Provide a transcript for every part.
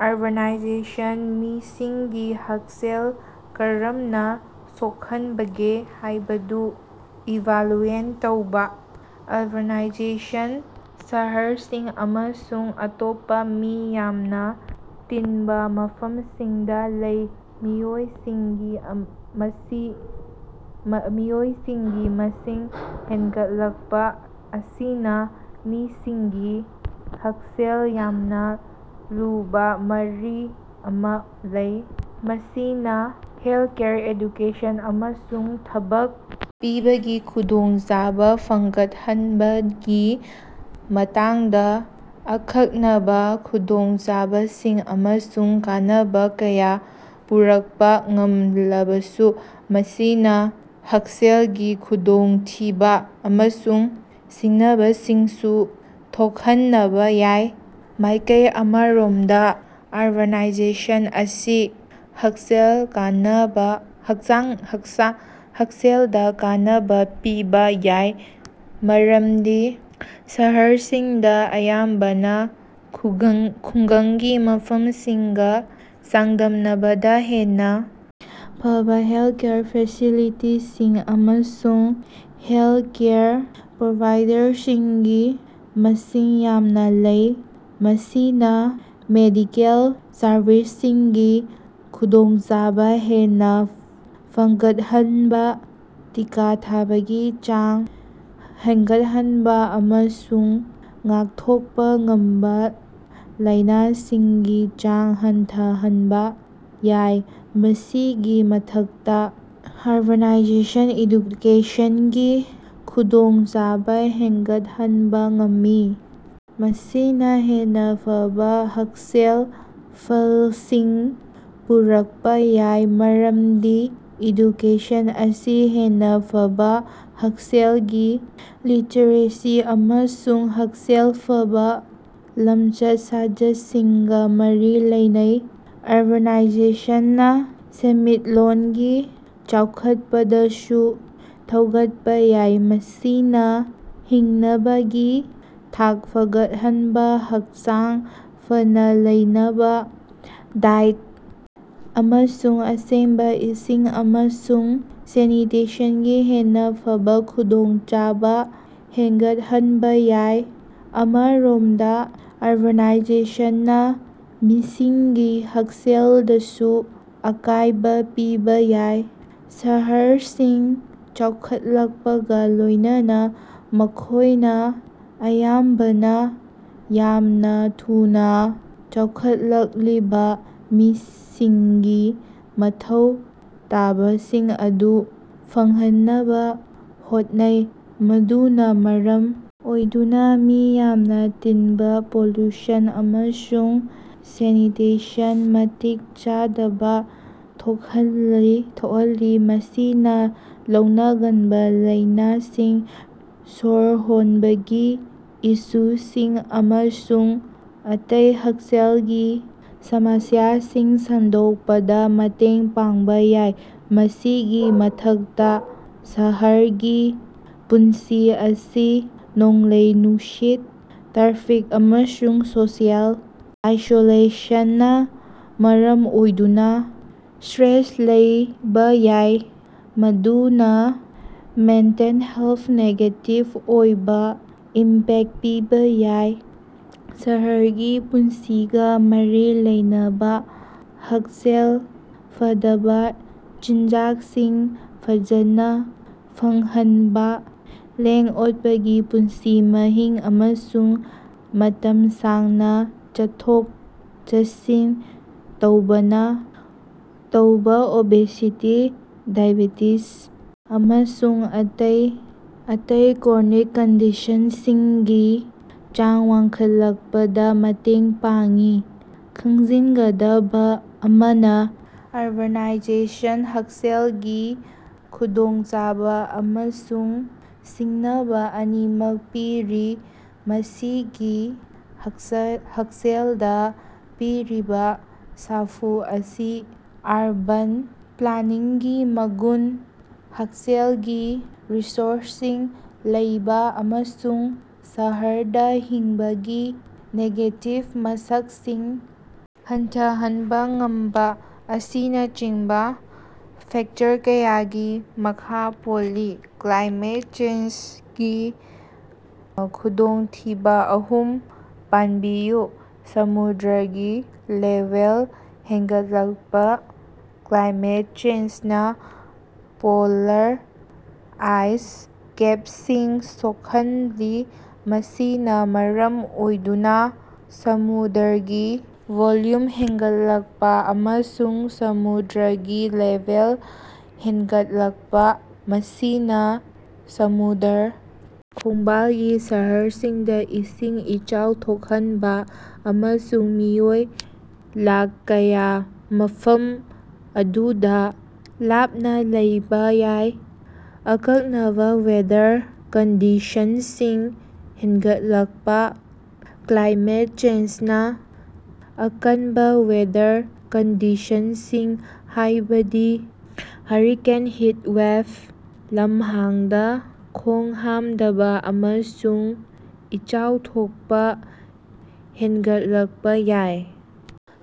ꯑꯔꯕꯥꯟꯅꯥꯏꯖꯦꯁꯟꯅ ꯃꯤꯁꯤꯡꯒꯤ ꯍꯛꯁꯦꯜꯗ ꯀꯥꯔꯝꯅ ꯁꯣꯛꯍꯟꯕꯒꯦ ꯍꯥꯏꯕꯗꯨ ꯏꯚꯥꯜꯂꯨꯌꯦꯠ ꯇꯧꯕ꯫ ꯑꯔꯕꯥꯅꯥꯏꯖꯦꯁꯟ, ꯁꯍꯥꯔꯁꯤꯡ ꯑꯃꯁꯨꯡ ꯑꯇꯣꯞꯄ ꯃꯤ ꯌꯥꯝꯅ ꯇꯤꯟꯕ ꯃꯐꯝꯁꯤꯡꯗ ꯂꯩꯕ ꯃꯤꯑꯣꯏꯁꯤꯡꯒꯤ ꯃꯁꯤꯡ ꯍꯦꯟꯒꯠꯂꯛꯄ ꯑꯁꯤꯅ ꯃꯤꯁꯤꯡꯒꯤ ꯍꯛꯁꯦꯜꯒ ꯌꯥꯝꯅ ꯂꯨꯕ ꯃꯔꯤ ꯑꯃ ꯂꯩ꯫ ꯃꯁꯤꯅ ꯍꯦꯜꯊꯀꯦꯌꯥꯔ, ꯑꯦꯗꯨꯀꯦꯁꯟ, ꯑꯃꯁꯨꯡ ꯊꯕꯛ ꯄꯤꯕꯒꯤ ꯈꯨꯗꯣꯡꯆꯥꯕ ꯐꯥꯒꯠꯍꯟꯕꯒꯤ ꯃꯇꯥꯡꯗ ꯑꯈꯟꯅꯕ ꯈꯨꯗꯣꯡꯆꯥꯕꯁꯤꯡ ꯑꯃꯁꯨꯡ ꯀꯥꯟꯅꯕ ꯀꯌꯥ ꯄꯨꯔꯛꯄ ꯉꯝꯂꯕꯁꯨ, ꯃꯁꯤꯅ ꯍꯛꯁꯦꯜꯒꯤ ꯈꯨꯗꯣꯡꯊꯤꯕ ꯑꯃꯁꯨꯡ ꯁꯤꯡꯅꯕꯁꯤꯡꯁꯨ ꯊꯣꯛꯍꯟꯕ ꯌꯥꯏ꯫ ꯃꯥꯢꯀꯩ ꯑꯃꯔꯣꯝꯗ, ꯑꯔꯕꯥꯟꯅꯥꯏꯖꯦꯁꯟ ꯑꯁꯤ ꯍꯛꯁꯦꯜꯗ ꯀꯥꯟꯅꯕ ꯄꯤꯕ ꯌꯥꯏ ꯃꯔꯝꯗꯤ ꯁꯥꯍꯔꯁꯤꯡꯗ ꯑꯌꯥꯝꯕꯅ ꯈꯨꯡꯒꯪꯒꯤ ꯃꯐꯝꯁꯤꯡꯒ ꯆꯥꯡꯗꯝꯅꯕꯗ ꯍꯦꯟꯅ ꯐꯥꯕ ꯍꯦꯜꯊꯀꯦꯌꯥꯔ ꯐꯦꯁꯤꯂꯤꯇꯤꯁꯤꯡ ꯑꯃꯁꯨꯡ ꯍꯦꯜꯊꯀꯦꯌꯥꯔ ꯄ꯭ꯔꯣꯚꯥꯏꯗꯔꯁꯤꯡꯒꯤ ꯃꯁꯤꯡ ꯌꯥꯝꯅ ꯂꯩ꯫ ꯃꯁꯤꯅ ꯃꯦꯗꯤꯀꯦꯜ ꯁꯔꯚꯤꯁꯁꯤꯡꯒꯤ ꯈꯨꯗꯣꯡꯆꯥꯕ ꯍꯦꯟꯅ ꯐꯒꯠꯍꯟꯕ, ꯇꯤꯀꯥ ꯊꯥꯕꯒꯤ ꯆꯥꯡ ꯍꯦꯟꯒꯠꯍꯟꯕ, ꯑꯃꯁꯨꯡ ꯉꯥꯛꯊꯣꯛꯄ ꯉꯝꯕ ꯂꯥꯢꯅꯁꯤꯡꯒꯤ ꯆꯥꯡ ꯍꯟꯊꯍꯟꯕ ꯌꯥꯏ꯫ ꯃꯁꯤꯒꯤ ꯃꯊꯥꯛꯇ, ꯑꯔꯕꯥꯟꯅꯥꯏꯖꯦꯁꯟꯅ ꯏꯗꯨꯀꯦꯁꯟꯒꯤ ꯈꯨꯗꯣꯡꯆꯥꯕ ꯍꯦꯟꯒꯠꯍꯟꯕ ꯉꯝꯃꯤ, ꯃꯁꯤꯅ ꯍꯦꯟꯅ ꯐꯥꯕ ꯍꯛꯁꯦꯜꯒꯤ ꯐꯜꯁꯤꯡ ꯄꯨꯔꯛꯄ ꯌꯥꯏ, ꯃꯔꯝꯗꯤ ꯏꯗꯨꯀꯦꯁꯟ ꯑꯁꯤ ꯍꯦꯟꯅ ꯐꯥꯕ ꯍꯛꯁꯦꯜꯒꯤ ꯂꯤꯇꯔꯦꯁꯤ ꯑꯃꯁꯨꯡ ꯍꯛꯁꯦꯜ ꯐꯥꯕ ꯂꯝꯆꯠ-ꯁꯥꯖꯠꯁꯤꯡꯒ ꯃꯔꯤ ꯂꯩꯅꯩ꯫ ꯑꯔꯕꯥꯟꯅꯥꯏꯖꯦꯁꯟꯅ ꯁꯦꯟꯃꯤꯠꯂꯣꯟꯒꯤ ꯆꯥꯎꯈꯠꯄꯗꯁꯨ ꯊꯧꯒꯠꯄ ꯌꯥꯏ, ꯃꯁꯤꯅ ꯍꯤꯡꯅꯕꯒꯤ ꯊꯥꯛ ꯐꯥꯒꯠꯍꯟꯕ, ꯍꯛꯆꯥꯡ ꯐꯥꯅ ꯂꯩꯅꯕ ꯗꯥꯏꯠ, ꯑꯃꯁꯨꯡ ꯑꯁꯦꯡꯕ ꯏꯁꯤꯡ ꯑꯃꯁꯨꯡ ꯁꯦꯅꯤꯇꯦꯁꯟꯒꯤ ꯍꯦꯟꯅ ꯐꯥꯕ ꯈꯨꯗꯣꯡꯆꯥꯕ ꯍꯦꯟꯒꯠꯍꯟꯕ ꯌꯥꯏ꯫ ꯑꯃꯔꯣꯝꯗ, ꯑꯔꯕꯥꯟꯅꯥꯏꯖꯦꯁꯟꯅ ꯃꯤꯁꯤꯡꯒꯤ ꯍꯛꯁꯦꯜꯗꯁꯨ ꯑꯀꯥꯏꯕ ꯄꯤꯕ ꯌꯥꯏ꯫ ꯁꯥꯍꯔꯁꯤꯡ ꯆꯥꯎꯈꯠꯂꯛꯄꯒ ꯂꯣꯢꯅꯅ, ꯃꯈꯣꯢꯅ ꯑꯌꯥꯝꯕꯅ ꯌꯥꯝꯅ ꯊꯨꯅ ꯆꯥꯎꯈꯠꯂꯛꯂꯤꯕ ꯃꯤꯁꯤꯡꯒꯤ ꯃꯊꯧ ꯇꯥꯕꯁꯤꯡ ꯑꯗꯨ ꯐꯪꯍꯟꯅꯕ ꯍꯣꯠꯅꯩ, ꯃꯗꯨꯅ ꯃꯔꯝ ꯑꯣꯏꯗꯨꯅ ꯃꯤ ꯌꯥꯝꯅ ꯇꯤꯟꯕ, ꯄꯣꯂꯨꯁꯟ ꯑꯃꯁꯨꯡ ꯁꯦꯅꯤꯇꯦꯁꯟ ꯃꯇꯤꯛ ꯆꯥꯗꯕ ꯊꯣꯛꯍꯜꯂꯤ꯫ ꯃꯁꯤꯅ ꯂꯧꯅꯒꯟꯕ ꯂꯥꯢꯅꯁꯤꯡ, ꯁ꯭ꯕꯔ ꯍꯣꯟꯕꯒꯤ ꯏꯁꯨꯁꯤꯡ ꯑꯃꯁꯨꯡ ꯑꯇꯩ ꯍꯛꯁꯦꯜꯒꯤ ꯁꯃꯥꯁ꯭ꯌꯥꯁꯤꯡ ꯁꯟꯗꯣꯛꯄꯗ ꯃꯇꯦꯡ ꯄꯥꯡꯕ ꯌꯥꯏ꯫ ꯃꯁꯤꯒꯤ ꯃꯊꯛꯇ, ꯁꯍꯥꯔꯒꯤ ꯄꯨꯟꯁꯤ ꯑꯁꯤ ꯅꯣꯡꯂꯩ-ꯅꯨꯡꯁꯤꯠ, ꯇ꯭ꯔꯥꯐꯤꯛ, ꯑꯃꯁꯨꯡ ꯁꯣꯁꯤꯑꯦꯜ ꯑꯥꯏꯁꯣꯂꯦꯁꯟꯅ ꯃꯔꯝ ꯑꯣꯏꯗꯨꯅ ꯏꯁ꯭ꯠꯔꯦꯁ ꯂꯩꯕ ꯌꯥꯏ, ꯃꯗꯨꯅ ꯃꯦꯟꯇꯦꯜ ꯍꯦꯜꯊꯇ ꯅꯦꯒꯦꯇꯤꯚ ꯑꯣꯏꯕ ꯏꯝꯄꯦꯛ ꯄꯤꯕ ꯌꯥꯏ꯫ ꯁꯍꯔꯒꯤ ꯄꯨꯟꯁꯤꯒ ꯃꯔꯤ ꯂꯩꯅꯕ ꯍꯛꯁꯦꯜ ꯐꯗꯥꯕ ꯆꯤꯟꯖꯥꯛꯁꯤꯡ ꯐꯖꯥꯅ ꯐꯪꯍꯟꯕ, ꯂꯦꯡ-ꯑꯣꯠꯄꯒꯤ ꯄꯨꯟꯁꯤ ꯃꯍꯤꯡ, ꯑꯃꯁꯨꯡ ꯃꯇꯝ ꯁꯥꯡꯅ ꯆꯠꯊꯣꯛ-ꯆꯠꯁꯤꯟ ꯇꯧꯕꯅ ꯑꯣꯕꯦꯁꯤꯇꯤ, ꯗꯥꯏꯑꯦꯕꯦꯇꯤꯖ ꯑꯃꯁꯨꯡ ꯑꯇꯩ ꯑꯇꯩ ꯀ꯭ꯔꯣꯅꯤꯛ ꯀꯟꯗꯤꯁꯟꯁꯤꯡꯒꯤ ꯆꯥꯡ ꯋꯥꯡꯈꯠꯂꯛꯄꯗ ꯃꯇꯦꯡ ꯄꯥꯡꯏ꯫ ꯈꯪꯖꯤꯅꯒꯗꯕ ꯑꯃꯅ, ꯑꯔꯕꯥꯟꯅꯥꯏꯖꯦꯁꯟꯅ ꯍꯛꯁꯦꯜꯒꯤ ꯈꯨꯗꯣꯡꯆꯥꯕ ꯑꯃꯁꯨꯡ ꯁꯤꯡꯅꯕ ꯑꯅꯤꯃꯛ ꯄꯤꯔꯤ꯫ ꯃꯤꯁꯤꯡꯒꯤ ꯍꯛꯁꯦꯜꯗ ꯄꯤꯔꯤꯕ ꯁꯥꯐꯨ ꯑꯁꯤ ꯑꯔꯕꯥꯟ ꯄ꯭ꯂꯥꯅꯤꯡꯒꯤ ꯃꯒꯨꯟ, ꯍꯛꯁꯦꯜꯒꯤ ꯔꯤꯁꯣꯔꯁꯁꯤꯡ ꯂꯩꯕ, ꯑꯃꯁꯨꯡ ꯁꯍꯥꯔꯗ ꯍꯤꯡꯕꯒꯤ ꯅꯦꯒꯦꯇꯤꯚ ꯃꯁꯛꯁꯤꯡ ꯍꯟꯊꯍꯟꯕ ꯉꯝꯕ ꯑꯁꯤꯅꯆꯤꯡꯕ ꯐꯦꯛꯇꯔ ꯀꯌꯥꯒꯤ ꯃꯈꯥ ꯄꯣꯜꯂꯤ꯫ ꯀ꯭ꯂꯥꯏꯃꯦꯠ ꯆꯦꯟꯖꯒꯤ ꯈꯨꯗꯣꯡꯊꯤꯕ ꯑꯍꯨꯝ ꯄꯟꯕꯤꯌꯨ꯫ ꯁꯃꯨꯗ꯭ꯔꯒꯤ ꯂꯦꯚꯦꯜ ꯍꯦꯟꯒꯠꯂꯛꯄꯥ, ꯀ꯭ꯂꯥꯏꯃꯦꯠ ꯆꯦꯟꯖꯅ ꯄꯣꯂꯥꯔ ꯑꯥꯏꯁ ꯀꯦꯞꯁꯤꯡ ꯁꯣꯛꯍꯜꯂꯤ, ꯃꯁꯤꯅꯥ ꯃꯔꯝ ꯑꯣꯏꯗꯨꯅꯥ ꯁꯃꯨꯗ꯭ꯔꯒꯤ ꯚꯣꯜꯌꯨꯝ ꯍꯦꯟꯒꯠꯂꯛꯄ ꯑꯃꯁꯨꯡ ꯁꯃꯨꯗ꯭ꯔꯥꯒꯤ ꯂꯦꯚꯦꯜ ꯍꯦꯟꯒꯠꯂꯛꯄ꯫ ꯃꯁꯤꯅ ꯁꯃꯨꯗ꯭ꯔꯥ ꯈꯣꯡꯕꯥꯜꯒꯤ ꯁꯍꯥꯔꯁꯤꯡꯗ ꯏꯁꯤꯡ ꯏꯆꯥꯎ ꯊꯣꯛꯍꯟꯕ ꯑꯃꯁꯨꯡ ꯃꯤꯑꯣꯏ ꯂꯥꯈ ꯀꯌꯥ ꯃꯐꯝ ꯑꯗꯨꯗ ꯂꯥꯞꯅ ꯂꯩꯕ ꯌꯥꯏ꯫ ꯑꯀꯥꯟꯕ ꯋꯦꯗꯔ ꯀꯟꯗꯤꯁꯟꯁꯤꯡ ꯍꯦꯟꯒꯠꯂꯛꯄ ꯀ꯭ꯂꯥꯏꯃꯦꯠ ꯆꯦꯟꯖꯅ ꯑꯀꯥꯟꯕ ꯋꯦꯗꯔ ꯀꯟꯗꯤꯁꯟꯁꯤꯡ ꯍꯥꯏꯕꯗꯤ ꯍꯨꯔꯤꯀꯦꯟ, ꯍꯤꯠꯋꯦꯕ, ꯂꯝꯍꯥꯡꯗ ꯈꯣꯡꯍꯥꯝꯗꯕ, ꯑꯃꯁꯨꯡ ꯏꯆꯥꯎ ꯊꯣꯛꯄ ꯍꯦꯟꯒꯠꯂꯛꯄ ꯌꯥꯏ꯫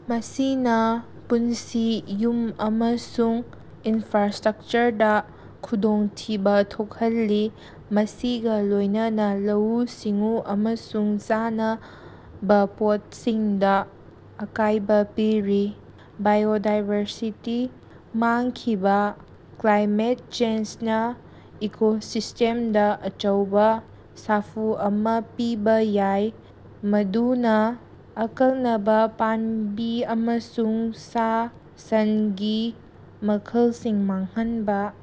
ꯃꯁꯤꯅ ꯄꯨꯟꯁꯤ, ꯌꯨꯝ, ꯑꯃꯁꯨꯡ ꯏꯅꯐ꯭ꯔꯥꯁ꯭ꯇꯔꯥꯛꯆꯔꯗ ꯈꯨꯗꯣꯡꯊꯤꯕ ꯊꯣꯛꯍꯜꯂꯤ, ꯃꯁꯤꯒ ꯂꯣꯏꯅꯅ ꯂꯧꯎ-ꯁꯤꯡꯎ ꯑꯃꯁꯨꯡ ꯆꯥꯅꯕ ꯄꯣꯠꯁꯤꯡꯗ ꯑꯀꯥꯏꯕ ꯄꯤꯔꯤ꯫ ꯕꯥꯏꯑꯣꯗꯥꯏꯕꯔꯁꯤꯇꯤ ꯃꯥꯡꯈꯤꯕ - ꯀ꯭ꯂꯥꯏꯃꯦꯠ ꯆꯦꯟꯖꯅ ꯏꯀꯣꯁꯤꯁ꯭ꯇꯦꯝꯗ ꯑꯆꯧꯕ ꯁꯥꯐꯨ ꯑꯃ ꯄꯤꯕ ꯌꯥꯏ, ꯃꯗꯨꯅ ꯑꯀꯥꯛꯅꯕ ꯄꯥꯝꯕꯤ ꯑꯃꯁꯨꯡ ꯁꯥ-ꯁꯥꯟꯒꯤ ꯃꯈꯜꯁꯤꯡ ꯃꯥꯡꯍꯟꯕ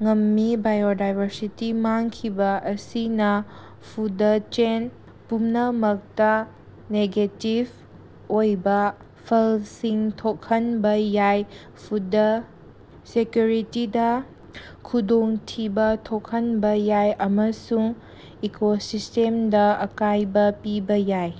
ꯉꯝꯃꯤ꯫ ꯕꯥꯏꯑꯣꯗꯥꯏꯕꯔꯁꯤꯇꯤ ꯃꯥꯡꯈꯤꯕ ꯑꯁꯤꯅ ꯐꯨꯗ ꯆꯦꯟ ꯄꯨꯝꯅꯃꯛꯇ ꯅꯦꯒꯦꯇꯤꯕ ꯑꯣꯏꯕ ꯐꯜꯁꯤꯡ ꯊꯣꯛꯍꯟꯕ ꯌꯥꯏ, ꯐꯨꯗ ꯁꯦꯛꯀꯤꯌꯨꯔꯤꯇꯤꯗ ꯈꯨꯗꯣꯡꯊꯤꯕ ꯊꯣꯛꯍꯟꯕ ꯌꯥꯏ ꯑꯃꯁꯨꯡ ꯏꯀꯣꯁꯤꯁ꯭ꯇꯦꯝꯗ ꯑꯀꯥꯏꯕ ꯄꯤꯕ ꯌꯥꯏ꯫